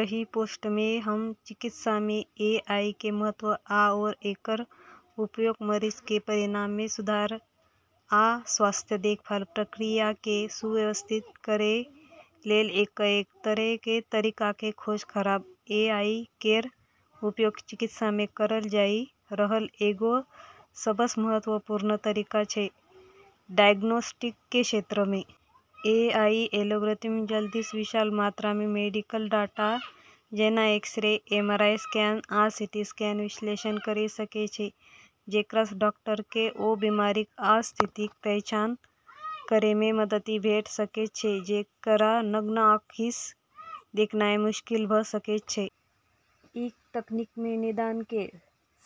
एहि पोस्टमे हम चिकित्सामे एआईके महत्व आओर एकर उपयोग मरीजके परिणाममे सुधार आ स्वास्थ्य देखभाल प्रक्रियाके सुव्यवस्थित करै लेल कएक तरहके तरीकाके खोज करब । एआई केर उपयोग चिकित्सामे करल जाइ रहल एगो सबसँ महत्वपूर्ण तरीका छै, डायग्नोस्टिक्स के क्षेत्रमे । एआई एल्गोरिदम जल्दीसँ विशाल मात्रामे मेडिकल डाटा, जेना एक्स-रे, एमआरआई स्कैन, आ सीटी स्कैनके विश्लेषण करि सकै छै, जेकरासँ डॉक्टरके ओ बीमारिक आ स्थितिक पहचान करैमे मदति भेट सकैत छै जेकरा नग्न आँखिसँ देखनाइ मुश्किल भ' सकय छै । ई तकनीकमे निदानके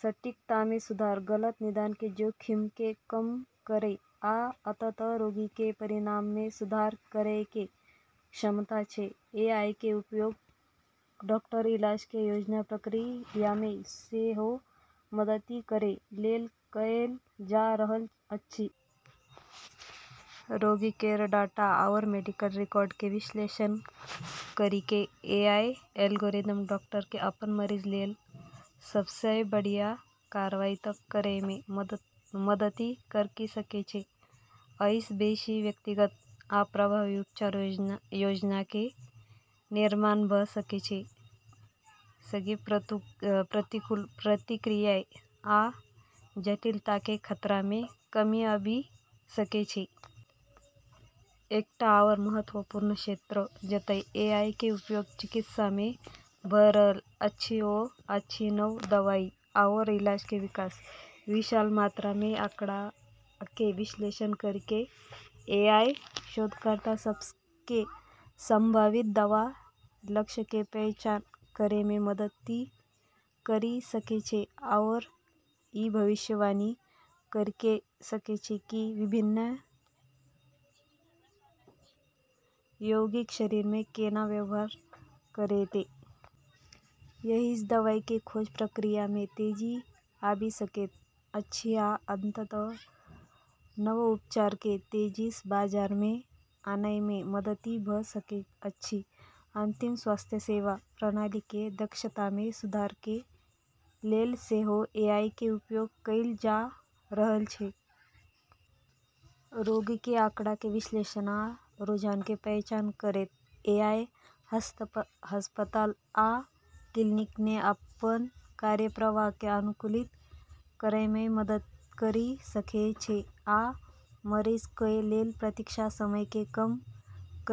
सटीकतामे सुधार, गलत निदानके जोखिमके कम करै आ अंततः रोगीके परिणाममे सुधार करैके क्षमता छै । एआईके उपयोग डॉक्टरके इलाजके योजना प्रक्रियामे सेहो मदति करै लेल कएल जा रहल अछि । रोगी केर डाटा आओर मेडिकल रिकॉर्डके विश्लेषण करिके एआई एल्गोरिदम डॉक्टरके अपन मरीज लेल सबसँ बढ़ियाँ कार्रवाई तय करैमे मदति करि सकै छै। अइसँ बेशी व्यक्तिगत आ प्रभावी उपचार योजनाके निर्माण भ' सकै छै, सङ्गहेँ प्रतिकूल प्रतिक्रियाक आ जटिलताके खतरामे कमी आबि सकै छै । एकटा आओर महत्वपूर्ण क्षेत्र जतय एआईके उपयोग चिकित्सामे भ' रहल अछि ओ अछि नव दवाइ आओर इलाजके विकास । विशाल मात्रामे आँकड़ाके विश्लेषण करिके एआई शोधकर्ता सबके संभावित दवा लक्ष्यके पहचान करैमे मदति करि सकै छै आओर ई भविष्यवाणी करि सकै छै कि विभिन्न यौगिक शरीरमे केना व्यवहार करतै। एहिसँ दवाइके खोज प्रक्रियामे तेजी आबि सकैत अछि आ अंततः नव उपचारके तेजीसँ बाजारमे आनयमे मदति भ' सकैत अछि । अंतमे स्वास्थ्य सेवा प्रणालीके दक्षतामे सुधारके लेल सेहो एआईके उपयोग कैल जा रहल छै । रोगीके आँकड़ाके विश्लेषण आ रुझानके पहचान करैत, एआई अस्पताल आ क्लिनिकके अपन कार्यप्रवाहके अनुकूलित करैमे मदति करि सकै छै आ मरीजक लेल प्रतीक्षा समयके कम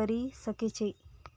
करि सकै छै ।